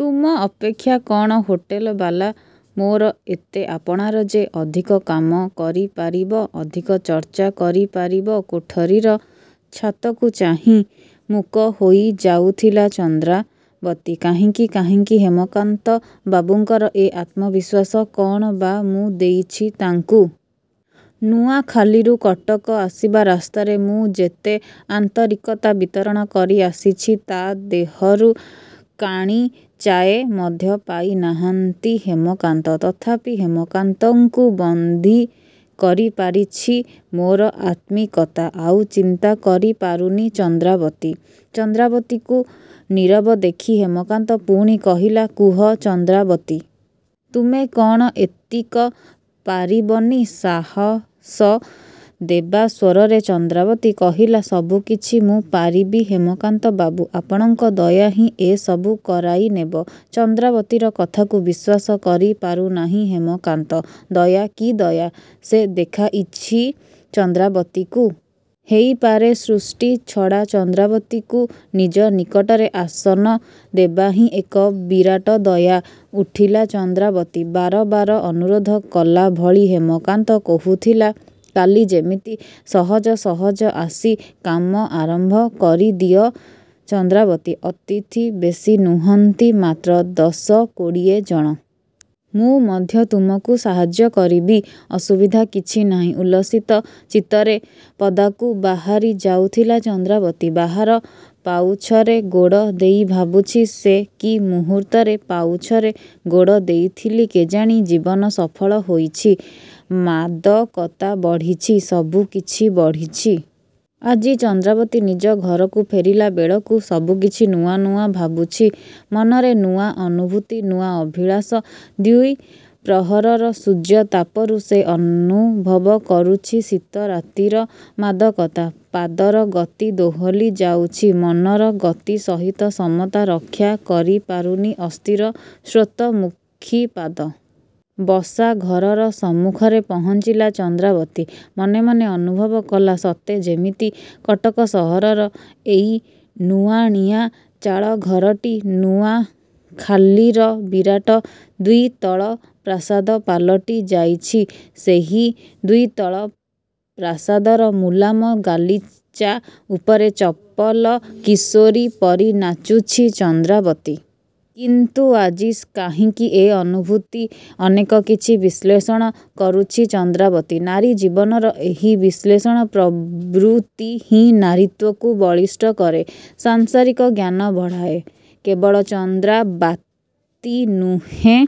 ତୁମ ଅପେକ୍ଷା କ'ଣ ହୋଟେଲ ବାଲା ମୋର ଏତେ ଆପଣାର ଯେ-ଅଧିକ କାମ କରି ପାରିବ? ଅଧିକ ଚର୍ଚ୍ଚା କରି ପାରିବ? '' କୋଠରୀର ଛାତକୁ ଚାହିଁ ମୂକ ହୋଇ ଯାଉଥିଲା ଚନ୍ଦ୍ରାବତୀ କାହିଁକି କାହିଁକି ହେମକାନ୍ତ ବାବୁଙ୍କର ଏ ଆତ୍ମବିଶ୍ୱାସ? କ'ଣ ବା ମୁଁ ଦେଇଛି ତାଙ୍କୁ? ନୂଆଖାଲିରୁ କଟକ ଆସିବା ରାସ୍ତାରେ ମୁଁ ଯେତେ ଆନ୍ତରିକତା ବିତରଣ କରି ଆସିଛି ତା'। ଦେହରୁ କାଣିଚାଏ ମଧ୍ୟ ପାଇ ନାହାନ୍ତି ହେମକାନ୍ତ। ତଥାପି ହେମକାନ୍ତଙ୍କୁ ବନ୍ଦୀ କରି ପାରିଛି ମୋର ଆତ୍ମିକତା। ଆଉ ଚିନ୍ତା କରି ପାରୁନି ଚନ୍ଦ୍ରାବତୀ। ଚନ୍ଦ୍ରାବତୀକୁ ନୀରବ ଦେଖି ହେମକାନ୍ତ ପୁଣି କହିଲା ''କୁହ ଚନ୍ଦ୍ରାବତୀ! ତୁମେ କ'ଣ ଏତିକ ପାରିବନି? '' ସାହାସ ଦେବା ସ୍ୱରରେ ଚନ୍ଦ୍ରାବତୀ କହିଲା-''ସବୁକିଛି ମୁଁ ପାରିବି ହେମକାନ୍ତ ବାବୁ ଆପଣଙ୍କ ଦୟା ହିଁ ଏସବୁ କରାଇ ନେବ। '' ଚନ୍ଦ୍ରାବତୀର କଥାକୁ ବିଶ୍ୱାସ କରି ପାରୁନାହିଁ ହେମକାନ୍ତ। ଦୟା। କି ଦୟା ସେ ଦେଖାଇଛି ଚନ୍ଦ୍ରାବତୀକୁ? ହେଇପାରେ.. ସୃଷ୍ଟି ଛଡ଼ା ଚନ୍ଦ୍ରାବତୀକୁ ନିଜ ନିକଟରେ ଆସନ ଦେବା ହିଁ ଏକ ବିରାଟ ଦୟା। ଉଠିଲା ଚନ୍ଦ୍ରାବତୀ ବାର ବାର ଅନୁରୋଧ କଲାଭଳି ହେମକାନ୍ତ କହୁଥିଲା କାଲି ଯେମିତି ସହଜ ସହଜ ଆସି କାମ ଆରମ୍ଭ କରିଦିଅ ଚନ୍ଦ୍ରାବତୀ। ଅତିଥୀ ବେଶୀ ନୁହଁନ୍ତି। ମାତ୍ର ଦଶ କୋଡ଼ିଏ ଜଣ। ମୁଁ ମଧ୍ୟ ତୁମକୁ ସାହାଯ୍ୟ କରିବି। ଅସୁବିଧା କିଛି ନାହିଁ। ଉଲ୍ଲସିତ ଚିତ୍ତରେ ପଦାକୁ ବାହାରି ଯାଉଥିଲା ଚନ୍ଦ୍ରାବତୀ। ବାହାର ପାଉଛରେ ଗୋଡ଼ ଦେଇ ଭାବୁଛି ସେ କି ମୁହୂର୍ତ୍ତରେ ପାଉଛରେ ଗୋଡ଼ ଦେଇଥିଲି କେଜାଣି ଜୀବନ ସଫଳ ହୋଇଛି ମାଦକତା ବଢ଼ିଛି.. ସବୁ କିଛି ବଢ଼ିଛି। ଆଜି ଚନ୍ଦ୍ରାବତୀ ନିଜ ଘରକୁ ଫେରିଲା ବେଳକୁ ସବୁ କିଛି ନୂଆ ନୂଆ ଭାବୁଛି। ମନରେ ନୂଆ ଅନୁଭୂତି, ନୂଆ ଅଭିଳାଷ। ଦ୍ୱି'ପ୍ରହରର ସୂର୍ଯ୍ୟତାପରୁ ସେ ଅନୁଭବ କରୁଛି ଶୀତ ରାତିର ମାଦକତା। ପାଦର ଗତି ଦୋହଲି ଯାଉଛି। ମନର ଗତି ସହିତ ସମତା ରକ୍ଷା କରି ପାରୁନି ଅସ୍ଥିର ସ୍ରୋତମୁଖୀ ପାଦ। ବସା ଘରର ସମ୍ମୁଖରେ ପହଞ୍ଚିଲା ଚନ୍ଦ୍ରାବତୀ। ମନେ ମନେ ଅନୁଭବ କଲା ସତେ ଯେମିତି କଟକ ସହରର ଏଇ ନୁଆଣିଆଁ ଚାଳଘରଟି ନୂଆଖାଲିର ବିରାଟ ଦ୍ୱିତଳ ପ୍ରାସାଦ ପାଲଟି ଯାଇଛି। ସେହି ଦ୍ୱିତଳ ପ୍ରାସାଦର ମୁଲାମ ଗାଲିଚା ଉପରେ ଚପଳ କିଶୋରୀ ପରି ନାଚୁଛି ଚନ୍ଦ୍ରାବତୀ। କିନ୍ତୁ ଆଜି କାହିଁକି ଏ ଅନୁଭୂତି? ଅନେକ କିଛି ବିଶ୍ଲେଷଣ କରୁଛି ଚନ୍ଦ୍ରାବତୀ। ନାରୀ ଜୀବନର ଏହି ବିଶ୍ଲେଷଣ ପ୍ରବୃତ୍ତି ହିଁ ନାରୀତ୍ୱକୁ ବଳିଷ୍ଠ କରେ। ସାଂସାରିକ ଜ୍ଞାନ ବଢ଼ାଏ। କେବଳ ଚନ୍ଦ୍ରବାତୀ ନୁହେଁ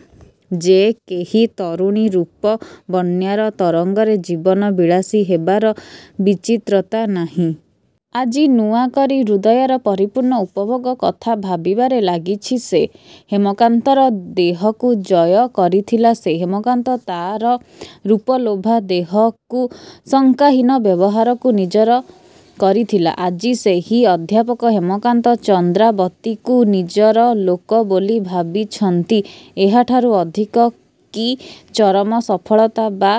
ଯେ କେହି ତରୁଣୀ ରୂପ ବନ୍ୟାର ତରଙ୍ଗରେ ଜୀବନ ବିଳାସୀ ହେବାର ବିଚିତ୍ରତା ନାହିଁ। ଆଜି ନୂଆକରି ହୃଦୟର ପରିପୂର୍ଣ୍ଣ ଉପଭୋଗ କଥା ଭାବିବାରେ ଲାଗିଛି ସେ, ହେମକାନ୍ତର ଦେହକୁ ଜୟ କରିଥିଲା ସେ। ହେମକାନ୍ତ ତା'ର ରୂପଲୋଭା ଦେହକୁ.. ଶଙ୍କାହୀନ ବ୍ୟବହାରକୁ ନିଜର କରିଥିଲା। ଆଜି ସେହି ଅଧ୍ୟାପକ ହେମକାନ୍ତ.. ଚନ୍ଦ୍ରାବତୀକୁ ନିଜର ଲୋକବୋଲି ଭାବିଛନ୍ତି। ଏହାଠାରୁ ଅଧିକ କି ଚରମ ସଫଳତା ବା'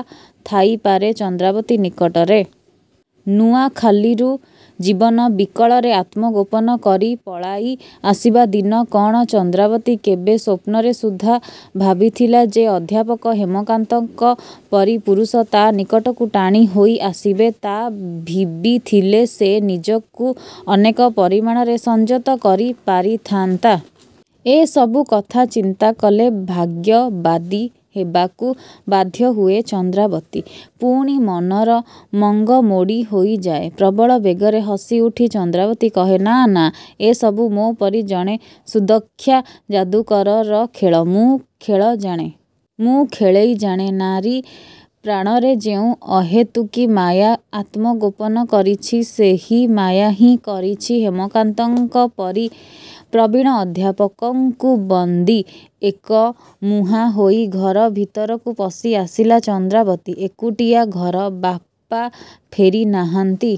ଥାଇପାରେ ଚନ୍ଦ୍ରାବତୀ ନିକଟରେ? ନୂଆଖାଲିରୁ ଜୀବନ ବିକଳରେ ଆତ୍ମଗୋପନ କରି ପଳାଇ ଆସିବା ଦିନ କ'ଣ ଚନ୍ଦ୍ରାବତୀ କେବେ ସ୍ୱପ୍ନରେ ସୁଦ୍ଧା ଭାବିଥିଲା ଯେ ଅଧ୍ୟାପକ ହେମକାନ୍ତଙ୍କ ପରି ପୁରୁଷ ତା'ର ନିକଟକୁ ଟାଣି ହୋଇ ଆସିବେ? ତା' ଭିବିଥିଲେ ସେ ନିଜକୁ ଅନେକ ପରିମାଣରେ ସଂଯତ କରି ପାରିଥାନ୍ତା। ଏ ସବୁ କଥା ଚିନ୍ତା କଲେ ଭାଗ୍ୟବାଦୀ ହେବାକୁ ବାଧ୍ୟ ହୁଏ ଚନ୍ଦ୍ରାବତୀ। ପୁଣି ମନର ମଙ୍ଗ ମୋଡ଼ି ହୋଇଯାଏ। ପ୍ରବଳ ବେଗରେ ହସି ଉଠି ଚନ୍ଦ୍ରାବତୀ କହେ ''ନାଁ ନାଁ ଏ ସବୁ ମୋ ପରି ଜଣେ ସୁଦକ୍ଷା ଯାଦୁକରର ଖେଳ। ମୁଁ ଖେଳ ଜାଣେ। ମୁଁ ଖେଳେଇ ଜାଣେ। ନାରୀ ପ୍ରାଣରେ ଯେଉଁ ଅହେତୁକୀ ମାୟା ଆତ୍ମଗୋପନ କରିଛି ସେହି ମାୟା ହିଁ କରିଛି ହେମକାନ୍ତଙ୍କ ପରି ପ୍ରବୀଣ ଅଧ୍ୟାପକଙ୍କୁ ବନ୍ଦୀ! '' ଏକ ମୁହାଁ ହୋଇ ଘର ଭିତରକୁ ପଶି ଆସିଲା ଚନ୍ଦ୍ରାବତୀ। ଏକୁଟିଆ ଘର। ବାପା ଫେରି ନାହାଁନ୍ତି।